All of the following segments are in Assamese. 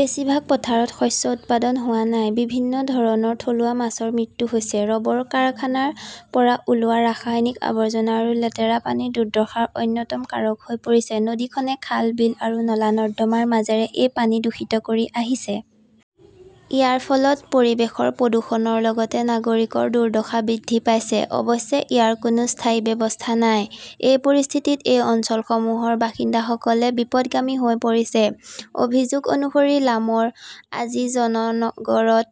বেছিভাগ পথাৰত শস্য উৎপাদন হোৱা নাই। বিভিন্ন ধৰণৰ থলুৱা মাছৰ মৃত্যু হৈছে। ৰবৰ কাৰখানাৰ পৰা ওলোৱা ৰাসায়নিক আৱৰ্জনা আৰু লেতেৰা পানী দুৰ্দশাৰ অন্যতম কাৰক হৈ পৰিছে। নদীখনে খাল, বিল আৰু নলা-নৰ্দমাৰ মাজেৰে এই পানী দূষিত কৰি আহিছে। ইয়াৰ ফলত পৰিৱেশৰ প্ৰদূষণৰ লগতে নাগৰিকৰ দুৰ্দশা বৃদ্ধি পাইছে। অৱশ্যে, ইয়াৰ কোনো স্থায়ী ব্যৱস্থা নাই। এই পৰিস্থিতিত এই অঞ্চলসমূহৰ বাসিন্দাসকল বিপথগামী হৈ পৰিছে। অভিযোগ অনুসৰি লামৰ আজিজনগৰত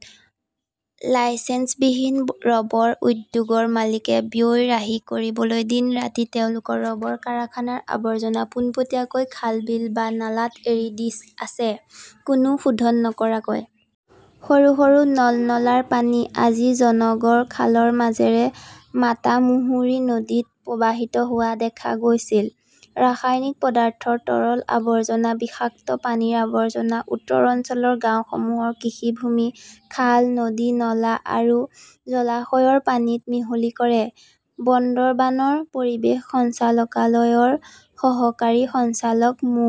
লাইচেনবিহীন ৰবৰ উদ্যোগৰ মালিকে ব্যয় ৰাহি কৰিবলৈ দিন-ৰাতি তেওঁলোকৰ ৰবৰ কাৰখানাৰ আৱৰ্জনা পোনপটীয়াকৈ খাল-বিল বা নালাত এৰি দি আছে, কোনো শোধন নকৰাকৈ। সৰু সৰু নল-নলাৰ পানী আজিজনগৰ খালৰ মাজেৰে মাতামুহুৰী নদীত প্ৰৱাহিত হোৱা দেখা গৈছিল। ৰাসায়নিক পদাৰ্থৰ তৰল আৱৰ্জনা বিষাক্ত পানীৰ আৱৰ্জনা উত্তৰ অঞ্চলৰ গাঁওসমূহৰ কৃষিভূমি, খাল, নদীৰ নলা আৰু জলাশয়ৰ পানীত মিহলি কৰে। বন্দৰবানৰ পৰিৱেশ সঞ্চালকালয়ৰ সহকাৰী সঞ্চালক মো.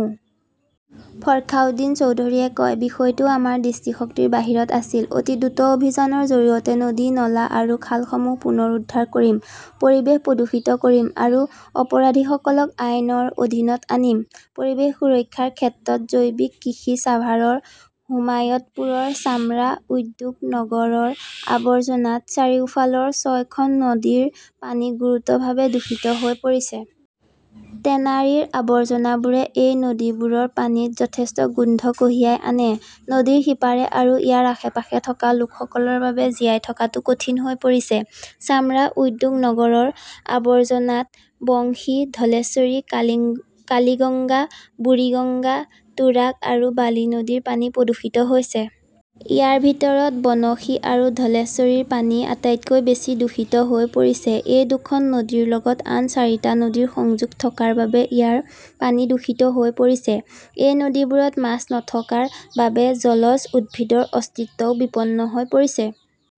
ফখাৰউদ্দিন চৌধুৰীয়ে কয়, বিষয়টো আমাৰ দৃষ্টিশক্তিৰ বাহিৰত আছিল । অতি দ্ৰুত অভিযানৰ জৰিয়তে নদী-নলা আৰু খালসমূহ পুনৰুদ্ধাৰ কৰিম, পৰিৱেশ প্ৰদূষিত কৰিম আৰু অপৰাধীসকলক আইনৰ অধীনত আনিম। পৰিৱেশ সুৰক্ষাৰ ক্ষেত্ৰত জৈৱিক কৃষি ছাভাৰৰ হেমায়তপুৰৰ চামৰা উদ্যোগ নগৰৰ আৱৰ্জনাত চাৰিওফালৰ ছয়খন নদীৰ পানী গুৰুতৰভাৱে দূষিত হৈ পৰিছে। টেনাৰীৰ আৱৰ্জনাবোৰে এই নদীবোৰৰ পানীত যথেষ্ট গোন্ধ কঢ়িয়াই আনে। নদীৰ সিপাৰে আৰু ইয়াৰ আশে-পাশে থকা লোকসকলৰ বাবে জীয়াই থকাটো কঠিন হৈ পৰিছে। চামৰা উদ্যোগ নগৰৰ আৱৰ্জনাত বংশী, ধলেশ্বৰী, কালিগঙ্গা, বুৰিগঙ্গা, তুৰাগ আৰু বালি নদীৰ পানী প্ৰদূষিত হৈছে। ইয়াৰ ভিতৰত বনশী আৰু ধলেশ্বৰীৰ পানী আটাইতকৈ বেছি দূষিত হৈ পৰিছে। এই দুখন নদীৰ লগত আন চাৰিটা নদীৰ সংযোগ থকাৰ বাবে ইয়াৰ পানী দূষিত হৈ পৰিছে। এই নদীবোৰত মাছ নথকাৰ বাবে জলজ উদ্ভিদৰ অস্তিত্বও বিপন্ন হৈ পৰিছে।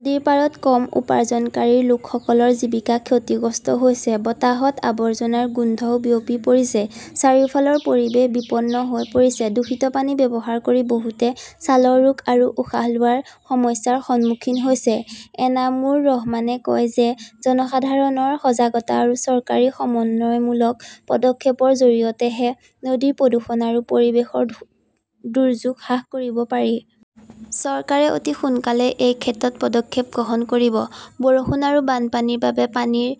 নদীৰ পাৰত কম উপাৰ্জনকাৰী লোকসকলৰ জীৱিকা ক্ষতিগ্ৰস্ত হৈছে। বতাহত আৱৰ্জনাৰ গোন্ধও বিয়পি পৰিছে। চাৰিওফালৰ পৰিৱেশ বিপন্ন হৈ পৰিছে। দূষিত পানী ব্যৱহাৰ কৰি বহুতে ছালৰ ৰোগ আৰু উশাহ লোৱাৰ সমস্যাৰ সন্মুখীন হৈছে। এনামুৰ ৰহমানে কয় যে জনসাধাৰণৰ সজাগতা আৰু চৰকাৰী সমন্বয়মূলক পদক্ষেপৰ জৰিয়তেহে নদীৰ প্ৰদূষণ আৰু পৰিৱেশৰ দুৰ্যোগ হ্ৰাস কৰিব পাৰি। চৰকাৰে অতি সোনকালেই এই ক্ষেত্ৰত পদক্ষেপ গ্ৰহণ কৰিব। বৰষুণ আৰু বানপানীৰ বাবে পানীৰ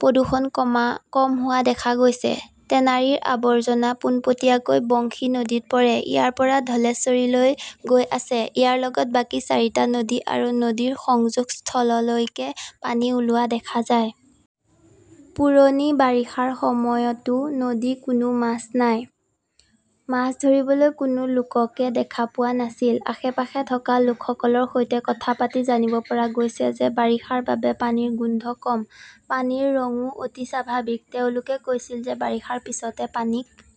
প্ৰদূষণ কম হোৱা দেখা গৈছে। টেনাৰীৰ আৱৰ্জনা পোনপটীয়াকৈ বংশী নদীত পৰে। ইয়াৰ পৰা ধলেশ্বৰীলৈ গৈ আছে। ইয়াৰ লগত বাকী চাৰিটা নদী আৰু নদীৰ সংযোগস্থললৈকে পানী ওলোৱা দেখা যায়। পুৰণি বাৰিষাৰ সময়তও নদীত কোনো মাছ নাই। মাছ ধৰিবলৈ কোনো লোককে দেখা পোৱা নাছিল। আশে-পাশে থকা লোকসকলৰ সৈতে কথা পাতি জানিব পৰা গৈছে যে বাৰিষাৰ বাবে পানীৰ গোন্ধ কম। পানীৰ ৰংও অতি স্বাভাৱিক। তেওঁলোকে কৈছিল যে বাৰিষাৰ পিছতে পানী ক